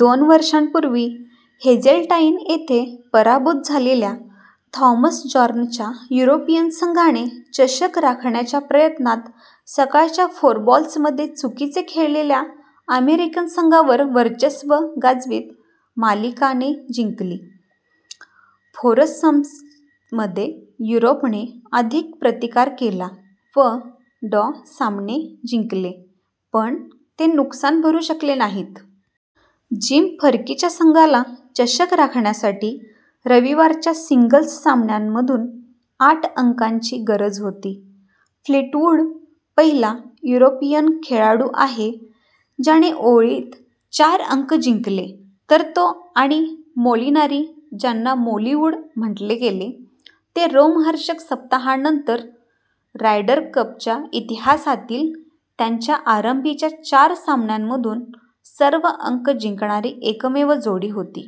दोन वर्षांपूर्वी हेझेल्टाईन येथे पराभूत झालेल्या, थॉमस जॉर्नच्या युरोपियन संघाने चषक राखण्याच्या प्रयत्नात सकाळच्या फोरबॉल्समध्ये चुकीचे खेळलेल्या अमेरिकन संघावर वर्चस्व गाजवीत मालिका ने जिंकली. फोरसम्समध्ये युरोपने अधिक प्रतिकार केला व डॉ सामने जिंकले, पण ते नुकसान भरू शकले नाहीत. जिम फर्कीच्या संघाला चषक राखण्यासाठी रविवारच्या सिंगल्स सामन्यांमधून आठ अंकांची गरज होती. फ्लीटवूड पहिला युरोपियन खेळाडू आहे ज्याने ओळीत चार अंक जिंकले, तर तो आणि मोलिनारी, ज्यांना "मोलिवूड" म्हटले गेले, ते रोमहर्षक सप्ताहांतानंतर रायडर कपच्या इतिहासातील त्यांच्या आरंभीच्या चार सामन्यांमधून सर्व अंक जिंकणारी एकमेव जोडी होती.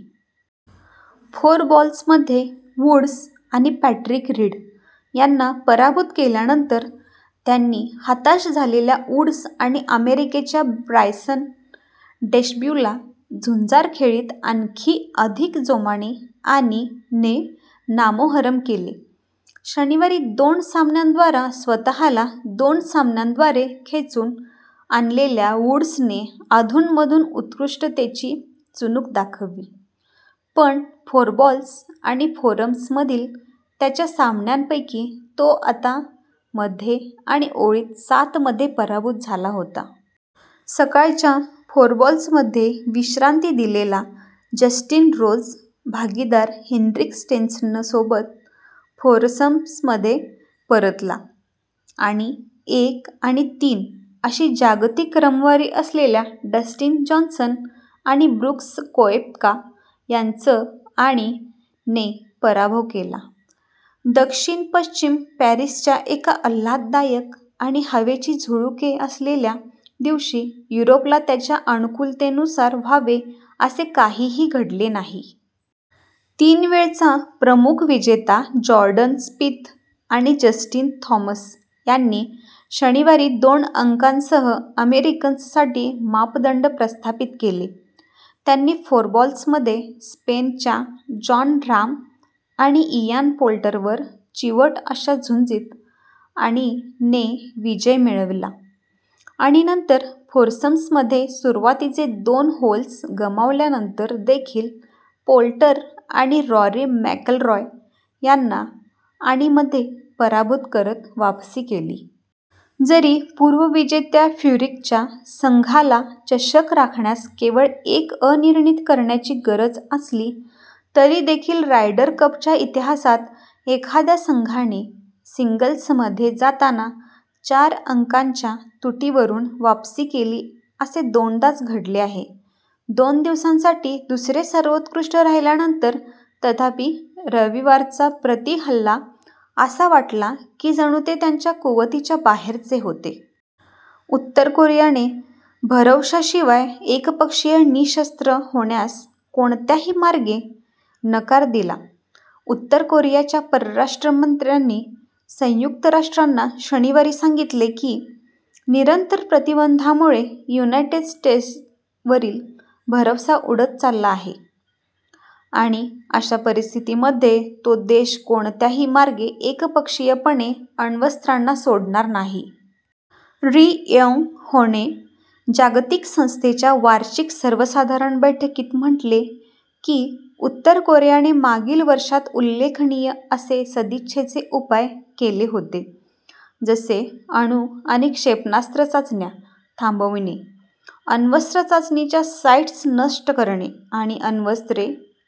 फोरबॉल्समध्ये वूड्स आणि पॅट्रिक रीड यांना पराभूत केल्यानंतर, त्यांनी हताश झालेल्या वूड्स आणि अमेरिकेच्या ब्रायसन डेशब्यूला झुंजार खेळीत आणखी अधिक जोमाने आणि ने नामोहरम केले. शनिवारी दोन सामन्यांद्वारा स्वतःला दोन सामन्यांद्वारे खेचून आणलेल्या वूड्सने, अधूनमधून उत्कृष्टतेची चुणूक दाखविल, पण फोरबॉल्स आणि फोरसम्समधील त्याच्या सामन्यांपैकी तो आता मध्ये आणि ओळीत सातमध्ये पराभूत झाला होता. सकाळच्या फोरबॉल्समध्ये विश्रांती दिलेला जस्टिन रोज, भागीदार हेन्रिक स्टेन्सनसोबत फोरसम्समध्ये परतला आणि एक आणि तीन अशी जागतिक क्रमवारी असलेल्या डस्टिन जॉन्सन आणि ब्रूक्स कोएप्का याचं आणि ने पराभव केला. दक्षिण-पश्चिम पॅरिसच्या एका आल्हाददायक आणि हवेची झुळूके असलेल्या दिवशी युरोपला त्याच्या अनुकूलतेनुसार व्हावे असे काहीही घडले नाही. तीन वेळचा प्रमुख विजेता जॉर्डन स्पिथ आणि जस्टिन थॉमस यांनी शनिवारी दोन अंकांसह अमेरिकन्ससाठी मापदंड प्रस्थापित केले. त्यांनी फोरबॉल्समध्ये स्पेनच्या जॉन राह्म आणि इयान पोल्टरवर चिवट अशा झुंजीत आणि ने विजय मिळविला आणि नंतर फोरसम्समध्ये सुरुवातीचे दोन होल्स गमावल्यानंतर देखील पोल्टर आणि रॉरी मकलरॉय यांना आणि मध्ये पराभूत करत वापसी केली. जरी पूर्वविजेत्या फ्युरिकच्या संघालाचषक राखण्यास केवळ एक अनिर्णीत करण्याची गरज असली, तरी देखील रायडर कपच्या इतिहासात एखाद्या संघाने सिंगल्समध्ये जाताना चार-अंकांच्या तुटीवरून वापसी केली असे दोनदाच घडले आहे. दोन दिवसांसाठी दुसरे-सर्वोत्कृष्ट राहिल्यानंतर, तथापि, रविवारचा प्रति-हल्ला असा वाटला की जणू ते त्यांच्या कुवतीच्या बाहेरचे होते. उत्तर कोरियाने भरवशाशिवाय एकपक्षीय निःशस्त्र होण्यास "कोणत्याही मार्गे" नकार दिला उत्तर कोरियाच्या परराष्ट्र मंत्र्यांनी संयुक्त राष्ट्रांना शनिवारी सांगितले की निरंतर प्रतिबंधांमुळे युनायटेड स्टेट्सवरील भरवसा उडत चालला आहे आणि अशा परिस्थितीमध्ये तो देश कोणत्याही मार्गे एकपक्षीयपणे अण्वस्त्रांना सोडणार नाही. री योंग होने जागतिक संस्थेच्या वार्षिक सर्वसाधारण बैठकीत म्हटले की उत्तर कोरियाने मागील वर्षात "उल्लेखनीय असे सदिच्छेचे उपाय" केले होते, जसे अणु आणि क्षेपणास्त्र चाचण्या थांबविणे, अण्वस्त्र चाचणीच्या साईट्स नष्ट करणे आणि अण्वस्त्रे